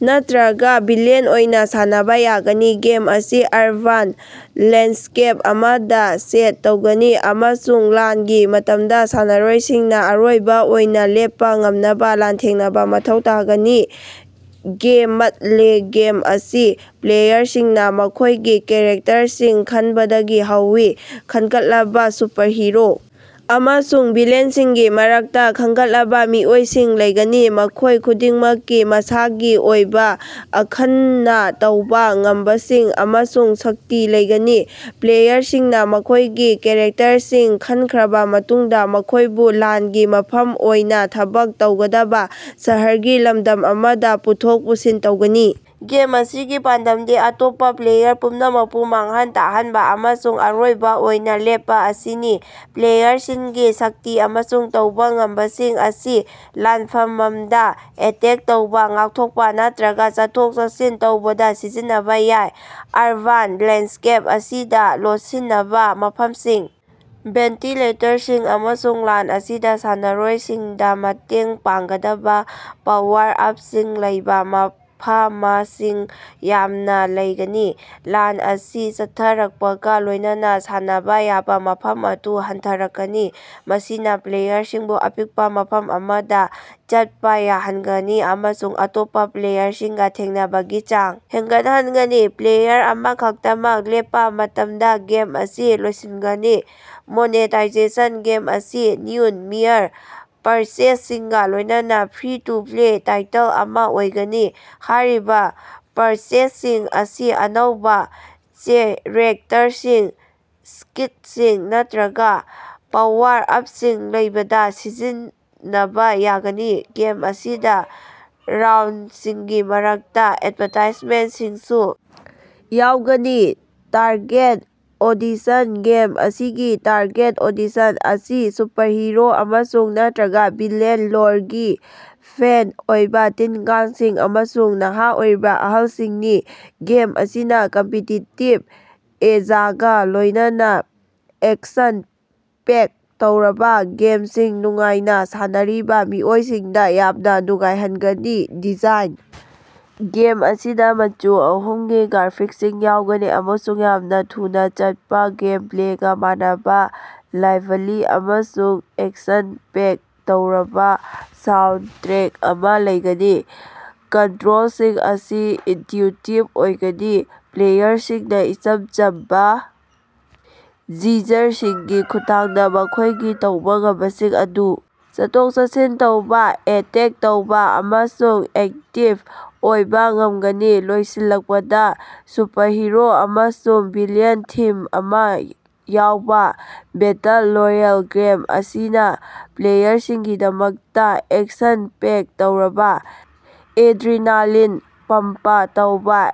ꯅꯠꯇ꯭ꯔꯒ ꯚꯤꯂꯦꯟ ꯑꯣꯏꯅ ꯁꯥꯟꯅꯕ ꯌꯥꯒꯅꯤ꯫ ꯒꯦꯝ ꯑꯁꯤ ꯑꯔꯕꯥꯟ ꯂꯦꯟꯗꯁ꯭ꯀꯦꯞ ꯑꯃꯗ ꯁꯦꯠ ꯇꯧꯒꯅꯤ ꯑꯃꯁꯨꯡ ꯂꯥꯟꯒꯤ ꯃꯇꯝꯗ ꯁꯥꯟꯅꯔꯣꯏꯁꯤꯡꯅ ꯑꯔꯣꯏꯕ ꯑꯣꯏꯅ ꯂꯦꯞꯄ ꯉꯝꯅꯕ ꯂꯥꯟꯊꯦꯡꯅꯕ ꯃꯊꯧ ꯇꯥꯒꯅꯤ꯫ ꯒꯦꯃꯞꯂꯦ ꯒꯦꯝ ꯑꯁꯤ ꯄ꯭ꯂꯦꯌꯔꯁꯤꯡꯅ ꯃꯈꯣꯏꯒꯤ ꯀꯦꯔꯦꯛꯇꯔꯁꯤꯡ ꯈꯟꯕꯗꯒꯤ ꯍꯧꯏ꯫ ꯈꯟꯒꯠꯂꯕ ꯁꯨꯄꯔꯍꯤꯔꯣ ꯑꯃꯁꯨꯡ ꯚꯤꯂꯦꯟꯁꯤꯡꯒꯤ ꯃꯔꯛꯇ ꯈꯟꯒꯠꯂꯕ ꯃꯤꯑꯣꯏꯁꯤꯡ ꯂꯩꯒꯅꯤ, ꯃꯈꯣꯏ ꯈꯨꯗꯤꯡꯃꯛꯀꯤ ꯃꯁꯥꯒꯤ ꯑꯣꯏꯕ ꯑꯈꯟꯅ ꯇꯧꯕ ꯉꯝꯕꯁꯤꯡ ꯑꯃꯁꯨꯡ ꯁꯛꯇꯤ ꯂꯩꯒꯅꯤ꯫ ꯄ꯭ꯂꯦꯌꯔꯁꯤꯡꯅ ꯃꯈꯣꯏꯒꯤ ꯀꯦꯔꯦꯛꯇꯔꯁꯤꯡ ꯈꯟꯈ꯭ꯔꯕ ꯃꯇꯨꯡꯗ ꯃꯈꯣꯏꯕꯨ ꯂꯥꯟꯒꯤ ꯃꯐꯝ ꯑꯣꯏꯅ ꯊꯕꯛ ꯇꯧꯒꯗꯕ ꯁꯍꯔꯒꯤ ꯂꯝꯗꯝ ꯑꯃꯗ ꯄꯨꯊꯣꯛ ꯄꯨꯁꯤꯟ ꯇꯧꯒꯅꯤ꯫ ꯒꯦꯝ ꯑꯁꯤꯒꯤ ꯄꯥꯟꯗꯝꯗꯤ ꯑꯇꯣꯞꯄ ꯄ꯭ꯂꯦꯌꯔ ꯄꯨꯝꯅꯃꯛꯄꯨ ꯃꯥꯡꯍꯟ ꯇꯥꯛꯍꯟꯕ ꯑꯃꯁꯨꯡ ꯑꯔꯣꯏꯕ ꯑꯣꯏꯅ ꯂꯦꯞꯄ ꯑꯁꯤꯅꯤ꯫ ꯄ꯭ꯂꯦꯌꯔꯁꯤꯡꯒꯤ ꯁꯛꯇꯤ ꯑꯃꯁꯨꯡ ꯇꯧꯕ ꯉꯝꯕꯁꯤꯡ ꯑꯁꯤ ꯂꯥꯟꯐꯃꯝꯗ ꯑꯦꯇꯦꯛ ꯇꯧꯕ, ꯉꯥꯛꯊꯣꯛꯄ ꯅꯠꯇ꯭ꯔꯒ ꯆꯠꯊꯣꯛ-ꯆꯠꯁꯤꯟ ꯇꯧꯕꯗ ꯁꯤꯖꯤꯟꯅꯕ ꯌꯥꯏ꯫ ꯑꯔꯕꯥꯟ ꯂꯦꯟꯗꯁ꯭ꯀꯦꯞ ꯑꯁꯤꯗ ꯂꯣꯠꯁꯤꯟꯅꯕ ꯃꯐꯝꯁꯤꯡ, ꯚꯦꯟꯇꯤꯂꯦꯇꯔꯁꯤꯡ, ꯑꯃꯁꯨꯡ ꯂꯥꯟ ꯑꯁꯤꯗ ꯁꯥꯟꯅꯔꯣꯏꯁꯤꯡꯗ ꯃꯇꯦꯡ ꯄꯥꯡꯒꯗꯕ ꯄꯥꯋꯔ-ꯑꯞꯁꯤꯡ ꯂꯩꯕ ꯃꯐꯃꯁꯤꯡ ꯌꯥꯝꯅ ꯂꯩꯒꯅꯤ꯫ ꯂꯥꯟ ꯑꯁꯤ ꯆꯠꯊꯔꯛꯄꯒ ꯂꯣꯏꯅꯅ ꯁꯥꯟꯅꯕ ꯌꯥꯕ ꯃꯐꯝ ꯑꯗꯨ ꯍꯟꯊꯔꯛꯀꯅꯤ, ꯃꯁꯤꯅ ꯄ꯭ꯂꯦꯌꯔꯁꯤꯡꯕꯨ ꯑꯄꯤꯛꯄ ꯃꯐꯝ ꯑꯃꯗ ꯆꯠꯄ ꯌꯥꯍꯟꯒꯅꯤ ꯑꯃꯁꯨꯡ ꯑꯇꯣꯞꯄ ꯄ꯭ꯂꯦꯌꯔꯁꯤꯡꯒ ꯊꯦꯡꯅꯕꯒꯤ ꯆꯥꯡ ꯍꯦꯟꯒꯠꯍꯟꯒꯅꯤ꯫ ꯄ꯭ꯂꯦꯌꯔ ꯑꯃꯈꯛꯇꯃꯛ ꯂꯦꯞꯄ ꯃꯇꯝꯗ ꯒꯦꯝ ꯑꯁꯤ ꯂꯣꯏꯁꯤꯟꯒꯅꯤ꯫ ꯃꯣꯅꯦꯇꯥꯏꯖꯦꯁꯟ ꯒꯦꯝ ꯑꯁꯤ ꯅ꯭ꯌꯨꯟ-ꯃꯤꯏꯔ ꯄꯔꯆꯦꯖꯁꯤꯡꯒ ꯂꯣꯏꯅꯅ ꯐ꯭ꯔꯤ-ꯇꯨ-ꯄ꯭ꯂꯦ ꯇꯥꯏꯇꯜ ꯑꯃ ꯑꯣꯏꯒꯅꯤ꯫ ꯍꯥꯏꯔꯤꯕ ꯄꯔꯆꯦꯖꯁꯤꯡ ꯑꯁꯤ ꯑꯅꯧꯕ ꯆꯦꯛꯔꯦꯇꯔꯁꯤꯡ, ꯁ꯭ꯀꯤꯠꯁꯤꯡ ꯅꯠꯇ꯭ꯔꯒ ꯄꯥꯋꯔ-ꯑꯞꯁꯤꯡ ꯂꯧꯕꯗ ꯁꯤꯖꯤꯟꯅꯕꯥꯌꯥꯒꯅꯤ꯫ ꯒꯦꯝ ꯑꯁꯤꯗ ꯔꯥꯎꯟꯗꯁꯤꯡꯒꯤ ꯃꯔꯛꯇ ꯑꯦꯗꯚꯔꯇꯥꯏꯖꯃꯦꯟꯇꯁꯤꯡꯁꯨ ꯌꯥꯎꯒꯅꯤ꯫ ꯇꯥꯔꯒꯦꯠ ꯑꯣꯗꯤꯁꯟ ꯒꯦꯝ ꯑꯁꯤꯒꯤ ꯇꯥꯔꯒꯦꯠ ꯑꯣꯗꯤꯁꯟ ꯑꯁꯤ ꯁꯨꯄꯔꯍꯤꯔꯣ ꯑꯃꯁꯨꯡ/ꯅꯠꯇ꯭ꯔꯒ ꯚꯤꯂꯦꯟ ꯂꯣꯔꯒꯤ ꯐꯦꯟ ꯑꯣꯏꯕ ꯇꯤꯟ-ꯀꯥꯡꯁꯤꯡ ꯑꯃꯁꯨꯡ ꯅꯍꯥ ꯑꯣꯏꯔꯤꯕ ꯑꯍꯜꯁꯤꯡꯅꯤ꯫ ꯒꯦꯝ ꯑꯁꯤꯅ ꯀꯝꯄꯤꯇꯤꯇꯤꯚ ꯑꯦꯖꯥꯒ ꯂꯣꯏꯅꯅ ꯑꯦꯛꯁꯟ-ꯄꯦꯛ ꯇꯧꯔꯕ ꯒꯦꯝꯁꯤꯡ ꯅꯨꯡꯉꯥꯏꯅ ꯁꯥꯟꯅꯔꯤꯕ ꯃꯤꯑꯣꯏꯁꯤꯡꯗ ꯌꯥꯝꯅ ꯅꯨꯡꯉꯥꯏꯍꯟꯒꯅꯤ꯫ ꯗꯤꯖꯥꯏꯟ ꯒꯦꯝ ꯑꯁꯤꯗ ꯃꯆꯨ ꯑꯍꯨꯝꯒꯤ ꯒ꯭ꯔꯥꯐꯤꯛꯁꯤꯡ ꯌꯥꯎꯒꯅꯤ ꯑꯃꯁꯨꯡ ꯌꯥꯝꯅ ꯊꯨꯅ ꯆꯠꯄ ꯒꯦꯝꯄ꯭ꯂꯦꯒ ꯃꯥꯟꯅꯕ ꯂꯥꯏꯚꯂꯤ ꯑꯃꯁꯨꯡ ꯑꯦꯛꯁꯟ-ꯄꯦꯛ ꯇꯧꯔꯕ ꯁꯥꯎꯟꯗ ꯇ꯭ꯔꯦꯛ ꯑꯃ ꯂꯩꯒꯅꯤ꯫ ꯀꯟꯇ꯭ꯔꯣꯜꯁꯤꯡ ꯑꯁꯤ ꯏꯟꯇ꯭ꯌꯨꯏꯇꯤꯚ ꯑꯣꯏꯒꯅꯤ, ꯄ꯭ꯂꯦꯌꯔꯁꯤꯡꯅ ꯏꯆꯝ ꯆꯝꯕ ꯖꯤꯖꯔꯁꯤꯡꯒꯤ ꯈꯨꯠꯊꯥꯡꯗ ꯃꯈꯣꯏꯒꯤ ꯇꯧꯕ ꯉꯝꯕꯁꯤꯡ ꯑꯗꯨ ꯆꯠꯊꯣꯛ-ꯆꯠꯁꯤꯟ ꯇꯧꯕ, ꯑꯦꯇꯦꯛ ꯇꯧꯕꯥꯑꯃꯁꯨꯡ ꯑꯦꯛꯇꯤꯚ ꯑꯣꯏꯕ ꯉꯝꯒꯅꯤ꯫ ꯂꯣꯏꯁꯤꯜꯂꯛꯄꯗ, ꯁꯨꯄꯔꯍꯤꯔꯣ ꯑꯃꯁꯨꯡ ꯚꯤꯂꯦꯟ ꯊꯤꯝ ꯑꯃ ꯌꯥꯎꯕ ꯕꯦꯇꯜ ꯔꯣꯌꯦꯜ ꯒꯦꯝ ꯑꯁꯤꯅ ꯄ꯭ꯂꯦꯌꯔꯁꯤꯡꯒꯤꯗꯃꯛꯇ ꯑꯦꯛꯁꯟ-ꯄꯦꯛ ꯇꯧꯔꯕ, ꯑꯦꯗ꯭ꯔꯤꯅꯥꯂꯤꯟ-ꯄꯝꯄ ꯇꯧꯕ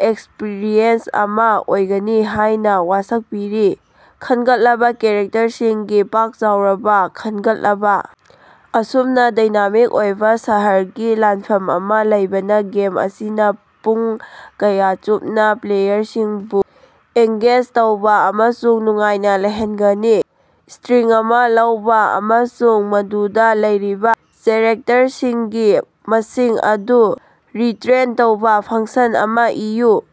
ꯑꯦꯛꯁꯄꯔꯤꯌꯦꯟꯁ ꯑꯃ ꯑꯣꯏꯒꯅꯤ ꯍꯥꯏꯅ ꯋꯥꯁꯛꯄꯤꯔꯤ꯫ ꯈꯟꯒꯠꯂꯕ ꯀꯦꯔꯦꯛꯇꯔꯁꯤꯡꯒꯤ ꯄꯥꯛ ꯆꯥꯎꯔꯕ ꯈꯟꯒꯠꯂꯕ ꯑꯃꯁꯨꯡ ꯗꯥꯏꯅꯥꯃꯤꯛ ꯑꯣꯏꯕ ꯁꯍꯔꯒꯤ ꯂꯥꯟꯐꯝ ꯑꯃ ꯂꯩꯕꯅ ꯒꯦꯝ ꯑꯁꯤꯅ ꯄꯨꯡ ꯀꯌꯥ ꯆꯨꯞꯅ ꯄ꯭ꯂꯦꯌꯔꯁꯤꯡꯕꯨ ꯑꯦꯡꯒꯦꯖ ꯇꯧꯕ ꯑꯃꯁꯨꯡ ꯅꯨꯡꯉꯥꯏꯅ ꯂꯩꯍꯟꯒꯅꯤ꯫ ꯁ꯭ꯇꯔꯤꯡ ꯑꯃ ꯂꯧꯕ ꯑꯃꯁꯨꯡ ꯃꯗꯨꯗ ꯂꯩꯔꯤꯕ ꯆꯦꯛꯔꯦꯇꯔꯁꯤꯡꯒꯤ ꯃꯁꯤꯡ ꯑꯗꯨ ꯔꯤꯇꯔꯟ ꯇꯧꯕ ꯐꯪꯁꯟ ꯑꯃ ꯏꯌꯨ꯫